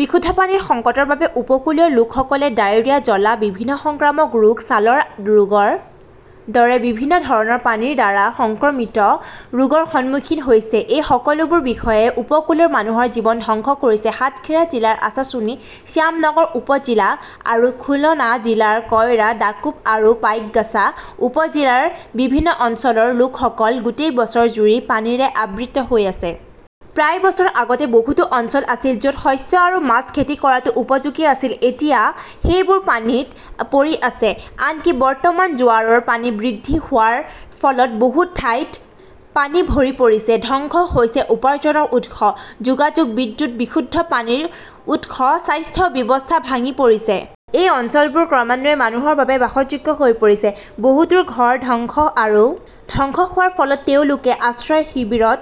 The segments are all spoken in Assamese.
বিশুদ্ধ পানীৰ সংকটৰ বাবে উপকূলীয় লোকসকলে ডায়েৰিয়া, জলাহ, বিভিন্ন সংক্ৰামক ৰোগ, ছালৰ ৰোগৰ দৰে বিভিন্ন ধৰণৰ পানীৰ দ্বাৰা সংক্ৰমিত ৰোগৰ সন্মুখীন হৈছে। এই সকলোবোৰ বিষয়ই উপকূলৰ মানুহৰ জীৱন ধ্বংস কৰিছে। সাতক্ষীৰা জিলাৰ আশাশ্বুনী, শ্যামনগৰ উপ-জিলা আৰু খুলনা জিলাৰ কয়ৰা, ডাকোপ আৰু পাইকগাছা উপ-জিলাৰ বিভিন্ন অঞ্চলৰ লোকসকল গোটেই বছৰজুৰি পানীৰে আবৃত হৈ আছে। প্ৰায় বছৰ আগতে বহুতো অঞ্চল আছিল য'ত শস্য আৰু মাছ খেতি কৰাটো উপযোগী আছিল, এতিয়া সেইবোৰ পানীত পৰি আছে। আনকি বৰ্তমান জোৱাৰৰ পানী বৃদ্ধি হোৱাৰ ফলত বহু ঠাইত পানী ভৰি পৰিছে। ধ্বংস হৈছে উপাৰ্জনৰ উৎস, যোগাযোগ, বিদ্যুৎ, বিশুদ্ধ পানীৰ উৎস, স্বাস্থ্য ব্যৱস্থা ভাঙি পৰিছে। এই অঞ্চলবোৰ ক্ৰমান্বয়ে মানুহৰ বাবে বাসযোগ্য হৈ পৰিছে। বহুতোৰ ঘৰ ধ্বংস আৰু ধ্বংস হোৱাৰ ফলত তেওঁলোকে আশ্ৰয় শিবিৰত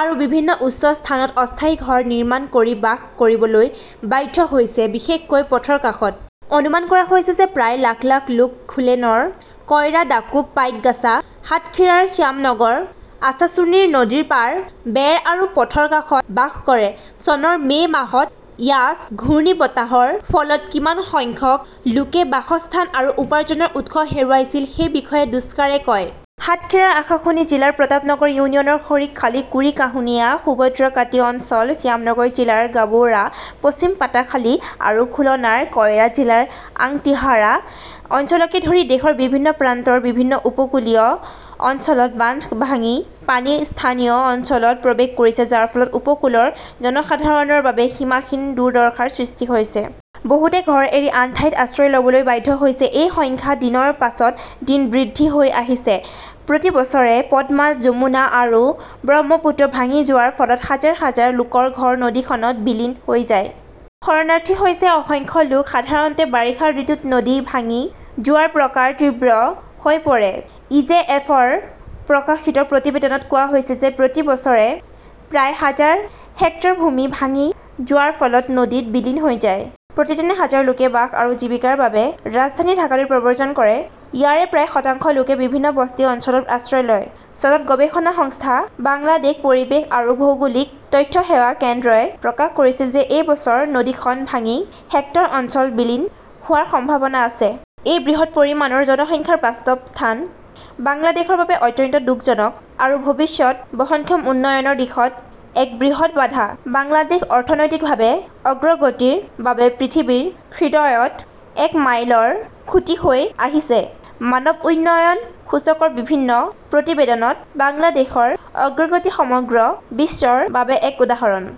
আৰু বিভিন্ন উচ্চ স্থানত অস্থায়ী ঘৰ নিৰ্মাণ কৰি বাস কৰিবলৈ বাধ্য হৈছে, বিশেষকৈ পথৰ কাষত। অনুমান কৰা হৈছে যে প্ৰায় লাখ লাখ লোক খোলেনৰ কয়ৰা, ডাকোপ, পাইকগাছা, সাতখিৰাৰ শ্যামনগৰ, আশাশ্বুনিৰ নদীৰ পাৰ, বেৰ আৰু পথৰ কাষত বাস কৰে। চনৰ মে মাহত ইয়াছ ঘূৰ্ণীবতাহৰ ফলত কিমান সংখ্যক লোকে বাসস্থান আৰু উপাৰ্জনৰ উৎস হেৰুৱাইছিল সেই বিষয়ে দুস্কাৰে কয়। সাতখিৰাৰ আশাশুনি জিলাৰ প্ৰতাপনগৰ ইউনিয়নৰ হৰিশখালী, কুঁৰিকাহুনিয়া, সুভদ্ৰকাটি অঞ্চল, শ্যামনগৰ জিলাৰ গাবৌৰা, পশ্চিম পাতাখালী আৰু খুলনাৰ কয়ৰা জিলাৰ আংটিহাৰা অঞ্চলকে ধৰি দেশৰ বিভিন্ন প্ৰান্তৰ বিভিন্ন উপকূলীয় অঞ্চলত বান্ধ ভাঙি পানী স্থানীয় অঞ্চলত প্ৰৱেশ কৰিছে, যাৰ ফলত উপকূলৰ জনসাধাৰণৰ বাবে সীমাহীন দুৰ্দশাৰ সৃষ্টি হৈছে। বহুতে ঘৰ এৰি আন ঠাইত আশ্ৰয় লʼবলৈ বাধ্য হৈছে। এই সংখ্যা দিনৰ পিছত দিন বৃদ্ধি হৈ আহিছে। প্ৰতি বছৰে পদ্মা, যমুনা আৰু ব্ৰহ্মপুত্ৰ ভাঙি যোৱাৰ ফলত হাজাৰ হাজাৰ লোকৰ ঘৰ নদীখনত বিলীন হৈ যায়। শৰণাৰ্থী হৈছে অসংখ্য লোক। সাধাৰণতে, বাৰিষা ঋতুত নদী ভাঙি যোৱাৰ প্ৰকাৰ তীব্ৰ হৈ পৰে। ই. জে. এফ. -ৰ প্ৰকাশিত প্ৰতিবেদনত কোৱা হৈছে যে প্ৰতি বছৰে প্ৰায় হাজাৰ হেক্টৰ ভূমি ভাঙি যোৱাৰ ফলত নদীত বিলীন হৈ যায়। প্ৰতিদিনে হাজাৰ লোকে বাস আৰু জীৱিকাৰ বাবে ৰাজধানী ঢাকালৈ প্ৰব্ৰজন কৰে। ইয়াৰে প্ৰায় শতাংশ লোকে বিভিন্ন বস্তি অঞ্চলত আশ্ৰয় লয়। চনত গৱেষণা সংস্থা বাংলাদেশ পৰিৱেশ আৰু ভৌগোলিক তথ্য সেৱা কেন্দ্ৰই প্ৰকাশ কৰিছিল যে এই বছৰ নদীখন ভাঙি হেক্টৰ অঞ্চল বিলীন হোৱাৰ সম্ভাৱনা আছে। এই বৃহৎ পৰিমাণৰ জনসংখ্যাৰ বাস্তৱস্থান বাংলাদেশৰ বাবে অত্যন্ত দুখজনক আৰু ভৱিষ্যত বহনক্ষম উন্নয়নৰ দিশত এক বৃহৎ বাধা। বাংলাদেশ অৰ্থনৈতিকভাৱে অগ্ৰগতিৰ বাবে পৃথিৱীৰ হৃদয়ত এক মাইলৰ খুঁটি হৈ আহিছে। মানৱ উন্নয়ন সূচকৰ বিভিন্ন প্ৰতিবেদনত বাংলাদেশৰ অগ্ৰগতি সমগ্ৰ বিশ্বৰ বাবে এক উদাহৰণ।